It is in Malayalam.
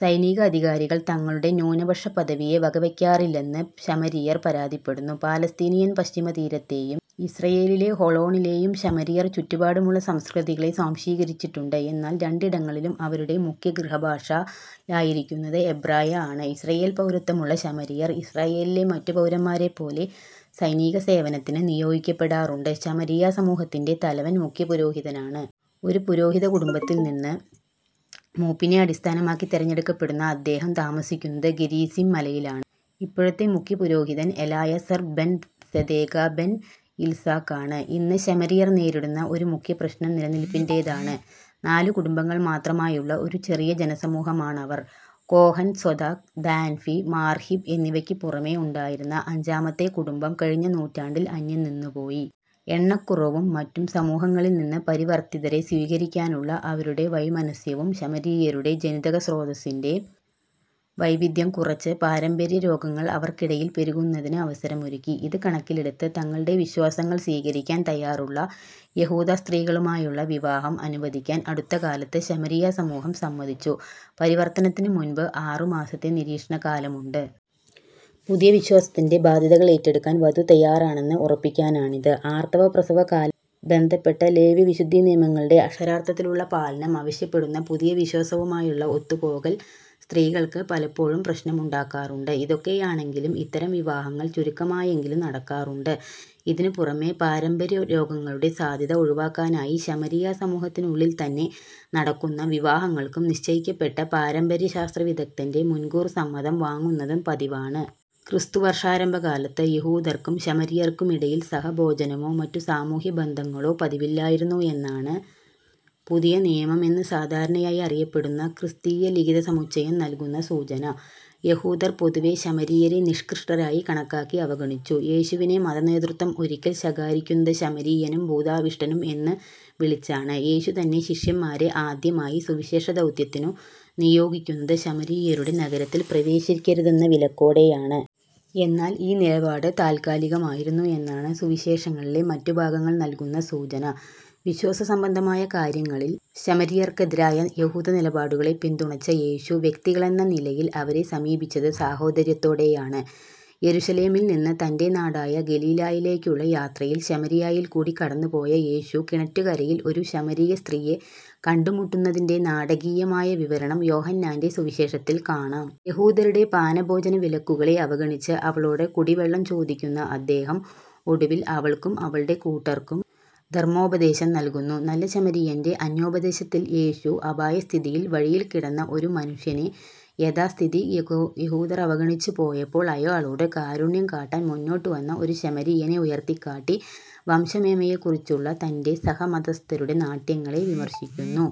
സൈനിക അധികാരികൾ തങ്ങളുടെ ന്യൂനപക്ഷപദവിയെ വകവയ്ക്കാറില്ലെന്ന് ശമരിയർ പരാതിപ്പെടുന്നു.. പലസ്തീനിയൻ പശ്ചിമതീരത്തേയും ഇസ്രായേലിലെ ഹോളോണിലേയും ശമരിയർ ചുറ്റുപാടുമുള്ള സംസ്കൃതികളെ സ്വാംശീകരിച്ചിട്ടുണ്ട്. എന്നാൽ രണ്ടിടങ്ങളിലും അവരുടെ മുഖ്യഗൃഹഭാഷയായിരിക്കുന്നത് എബ്രായ ആണ്. ഇസ്രായേൽ പൗരത്വമുള്ള ശമരിയർ, ഇസ്രായേലിലെ മറ്റു പൗരന്മാരെപ്പോലെ സൈനികസേവനത്തിന് നിയോഗിക്കപ്പെടാറുണ്ട്. ശമരിയ സമൂഹത്തിന്റെ തലവൻ മുഖ്യപുരോഹിതനാണ്. ഒരു പുരോഹിതകുടുംബത്തിൽ നിന്ന് മൂപ്പിനെ അടിസ്ഥാനമാക്കി തെരഞ്ഞെടുക്കപ്പെടുന്ന അദ്ദേഹം, താമസിക്കുന്നത് ഗെരിസിം മലയിലാണ്. ഇപ്പോഴത്തെ മുഖ്യപുരോഹിതൻ Elazar ben Tsedaka ben Yitzhaq ആണ്. ഇന്ന് ശമരിയർ നേരിടുന്ന ഒരു മുഖ്യപ്രശ്നം നിലനില്പിന്റേതാണ്. നാലു കുടുംബങ്ങൾ മാത്രമായുള്ള ഒരു ചെറിയ ജനസമൂഹമാണവർ. കോഹൻ, സെദാഖ്, ദാൻഫി, മാർഹിബ് എന്നിവക്കു പുറമേ ഉണ്ടായിരുന്ന അഞ്ചാമത്തെ കുടുംബം കഴിഞ്ഞ നൂറ്റാണ്ടിൽ അന്യം നിന്നുപോയി. എണ്ണക്കുറവും മറ്റു സമൂഹങ്ങളിൽ നിന്ന് പരിവർത്തിതരെ സ്വീകരിക്കാനുള്ള അവരുടെ വൈമനസ്യവും ശമരിയരുടെ ജനിതകസ്രോതസ്സിന്റെ വൈവിദ്ധ്യം കുറച്ച് പാരമ്പര്യരോഗങ്ങൾ അവർക്കിടയിൽ പെരുക്കുന്നതിന് അവസരമൊരുക്കി. ഇത് കണക്കിലെടുത്ത്, തങ്ങളുടെ വിശ്വാസങ്ങൾ സ്വീകരിക്കാൻ തയ്യാറുള്ള യഹൂദസ്ത്രീകളുമായുള്ള വിവാഹം അനുവദിക്കാൻ അടുത്ത കാലത്ത് ശമരിയ സമൂഹം സമ്മതിച്ചു. പരിവർത്തനത്തിനുമുൻപ് ആറുമാസത്തെ നിരീക്ഷണകാലമുണ്ട്. പുതിയ വിശ്വാസത്തിന്റെ ബാദ്ധ്യതകൾ ഏറ്റെടുക്കാൻ വധു തയ്യാറാണെന്ന് ഉറപ്പാക്കാനാണിത്. ആർത്തവ-പ്രസവ കാലങ്ങളുമായി ബന്ധപ്പെട്ട ലേവ്യ വിശുദ്ധിനിയങ്ങളുടെ അക്ഷരാർത്ഥത്തിലുള്ള പാലനം അവശ്യപ്പെടുന്ന പുതിയ വിശ്വാസവുമായുള്ള ഒത്തുപോകൽ, സ്ത്രീകൾക്ക് പലപ്പോഴും പ്രശ്നമുണ്ടാക്കാറുണ്ട്. ഇതൊക്കെയാണെങ്കിലും ഇത്തരം വിവാഹങ്ങൾ ചുരുക്കമായെങ്കിലും നടക്കാറുണ്ട്. ഇതിനുപുറമേ, പാരമ്പര്യരോഗങ്ങളുടെ സാധ്യത ഒഴിവാക്കാനായി, ശമരിയ സമൂഹത്തിനുള്ളിൽ തന്നെ നടക്കുന്ന വിവാഹങ്ങൾക്കും, നിശ്ചയിക്കപ്പെട്ട പാരമ്പര്യശാസ്ത്രവിദഗ്ദ്ധന്റെ മുൻകൂർ സമ്മതം വാങ്ങുന്നതും പതിവാണ്. ക്രിസ്തുവർഷാരംഭകാലത്ത് യഹൂദർക്കും ശമരിയർക്കുമിടയിൽ സഹഭോജനമോ മറ്റു സാമൂഹ്യബന്ധങ്ങളോ പതിവില്ലായിരുന്നു എന്നാണ് പുതിയനിയമം എന്ന് സാധാരണയായി അറിയപ്പെടുന്ന ക്രിസ്തീയലിഖിതസമുച്ചയം നൽകുന്ന സൂചന. യഹൂദർ പൊതുവേ ശമരിയരെ നികൃഷ്ടരായി കണക്കാക്കി അവഗണിച്ചു. യേശുവിനെ മതനേതൃത്വം ഒരിക്കൽ ശകാരിക്കുന്നത് "ശമരിയനും ഭൂതാവിഷ്ടനും" എന്നു വിളിച്ചാണ്. യേശു തന്നെ, ശിഷ്യന്മാരെ ആദ്യമായി സുവിശേഷ ദൗത്യത്തിനു നിയോഗിക്കുന്നത് ശമരിയരുടെ നഗരത്തിൽ പ്രവേശിക്കരുതെന്ന വിലക്കോടെയാണ്. എന്നാൽ ഈ നിലപാട് താൽക്കാലികമായിരുന്നു എന്നാണ് സുവിശേഷങ്ങളിലെ മറ്റു ഭാഗങ്ങൾ നൽകുന്ന സൂചന. വിശ്വാസസംബന്ധമായ കാര്യങ്ങളിൽ ശമരിയർക്കെതിരായ യഹൂദനിലപാടുകളെ പിന്തുണച്ച യേശു, വ്യക്തികളെന്ന നിലയിൽ അവരെ സമീപിച്ചത് സഹോദര്യത്തോടെയാണ്. യെരുശലേമിൽ നിന്ന് തന്റെ നാടായ ഗലീലായിലേക്കുള്ള യാത്രയിൽ ശമരിയായിൽ കൂടി കടന്നുപോയ യേശു കിണറ്റുകരയിൽ ഒരു ശമരിയ സ്ത്രീയെ കണ്ടുമുട്ടുന്നതിന്റെ നാടകീയമായ വിവരണം യോഹന്നാന്റെ സുവിശേഷത്തിൽ കാണാം. യഹൂദരുടെ പാനഭോജനവിലക്കുകളെ അവഗണിച്ച് അവളോട് കുടിവെള്ളം ചോദിക്കുന്ന അദ്ദേഹം ഒടുവിൽ അവൾക്കും അവളുടെ കൂട്ടർക്കും ധർമ്മോപദേശം നൽകുന്നു. നല്ല ശമരിയന്റെ അന്യാപദേശത്തിൽ യേശു, അപായസ്ഥിതിയിൽ വഴിയിൽ കിടന്ന ഒരു മനുഷ്യനെ യാഥാസ്ഥിതികയഹൂദർ അവഗണിച്ചുപോയപ്പോൾ അയാളോട് കാരുണ്യം കാട്ടാൻ മുന്നോട്ടുവന്ന ഒരു ശമരിയനെ ഉയർത്തിക്കാട്ടി, വംശമേന്മയെക്കുറിച്ചുള്ള തന്റെ സഹമതസ്ഥരുടെ നാട്യങ്ങളെ വിമർശിക്കുന്നു.